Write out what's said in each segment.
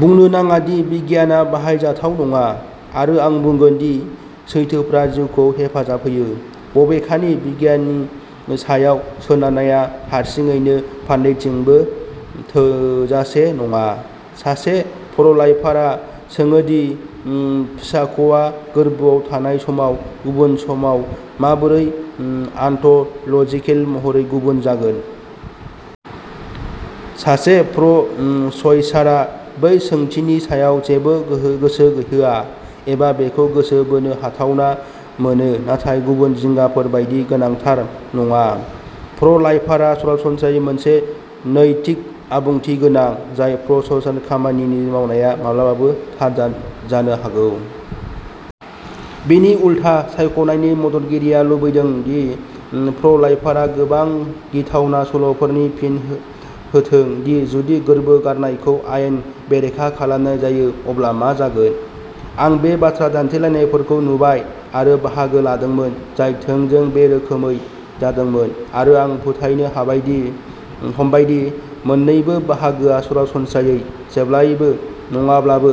बुंनो नाङा दि बिगियानआ बाहायजाथाव नङा, आरो आं बुंगोन दि सैथोफोरा जिउखौ हेफाजाब होयो। बबेखानि, बिगियाननि सायाव सोनारनाया हारसिङैनो फारनैथिंबो थोजासे नङा। सासे प्र'- लाइफारआ सोङो दि फिसाख'आ गोर्बोआव थानाय समाव गुबुन समाव माबोरै आनत'ल'जिकेल महरै गुबुन जागोन। सासे प्र'- च'इसारआ बै सोंथिनि सायाव जेबो गोसो होआ, एबा बेखौ गोसो बोनो हाथावना मोनो नाथाय गुबुन जिंगाफोर बायदि गोनांथार नङा। प्र'- लाइफारआ सरासनस्रायै मोनसे नैतिक आबुंथि गोनां, जाय प्र'- च' खामानि मावनाया माब्लाबाबो थार जानो हागौ। बिनि उलथा, सायख'नायनि मददगिरिआ लुबैदों दि प्र'- लाइफारआ गोबां गिथावना सल'फोरनि फिन होथों दि जुदि गोर्बो गारनायखौ आयेन बेरेखा खालामनाय जायो अब्ला मा जागोन। आं बे बाथ्रा दान्थेलायनायफोरखौ नुबाय आरो बाहागो लादोंमोन, जाय थोंजों बे रोखोमै जादोंमोन, आरो आं फोथायनो हमबाय दि मोन्नैबो बाहागोआ सरासनस्रायै, जेब्लाबो नङाब्लाबो,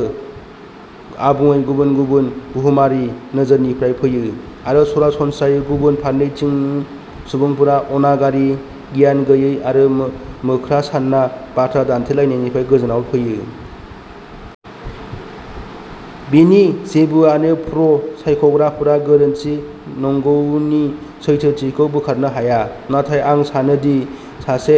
आबुङै गुबुन-गुबुन बुहुमारि नोजोरनिफ्राय फैयो, आरो सरासनस्रायै गुबुन फारसेथिंनि सुबुंफोरा अनागारि, गियान गैयै आरो मोख्रा सानना बाथ्रा दान्थेलायनायनिफ्राय गोजानाव फैयो। बेनि जेबोआनो प्र'- सायख'ग्राफोरा गोरोन्थि नंगौनि सैथोथिखौ बोखारनो हाया, नाथाय आं सानो दि सासे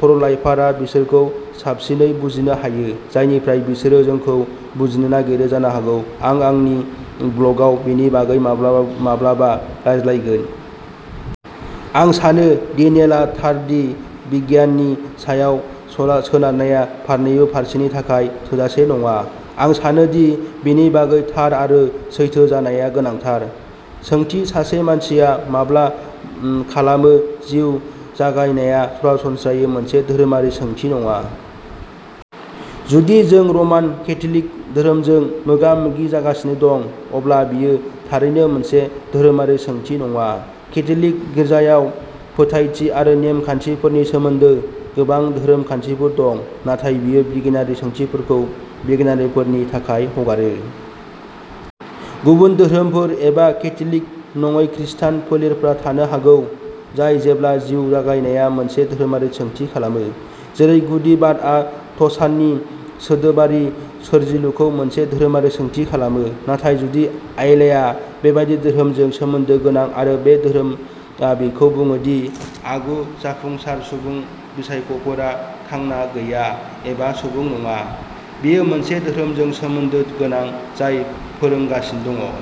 प्र'- लाइफारआ बिसोरखौ साबसिनै बुजिनो हायो, जायनिफ्राय बिसोरो जोंखौ बुजिनो नागिरो जानो हागौ आं आंनि ब्लगआव बेनि बागै माब्लाबा रायज्लायगोन। आं सानो डेनियेलआ थार दि बिगियाननि सायाव सोनारनाया फारनैबो फारसेनि थाखाय थोजासे नङा, आं सानो दि बेनि बागै थार आरो सैथो जानाया गोनांथार। सोंथि सासे मानसिया माब्ला खालामो जिउ जागायनाया सरासनस्रायै मोनसे धोरोमारि सोंथि नङा। जुदि जों रमान केथ'लिक धोरोमजों मोगा-मोगि जागासिनो दं, अब्ला बेयो थारैनो मोनसे धोरोमारि सोंथि नङा। केथ'लिक गिर्जायाव फोथायथि आरो नेम खान्थिफोरनि सोमोन्दै गोबां धोरोम खान्थिफोर दं, नाथाय बेयो बिगियानारि सोंथिफोरखौ बिगियानगिरिफोरनि थाखाय हगारो। गुबुन धोरोमफोर, एबा केथ'लिक नङि खृस्टान फोलेरफोर थानो हागौ, जाय जेब्ला जिउ जागायनाया मोनसे धोरोमारि सोंथि खालामो, जेरै गुदिबादआ द'साननि सोदोबारि सोरजिलुखौ मोनसे धोरोमारि सोंथि खालामो, नाथाय जुदि आइयेला बेबादि धोरोमजों सोमोन्दो गोनां आरो बे धोरोमा बिखौ बुङो दि आगु-जाफुंसार सुबुं फिसाख'फोरा थांना गैया एबा सुबुं नङा, बियो मोनसे धोरोमजों सोमोन्दो गोनां जाय फोरोंगासिनो दं।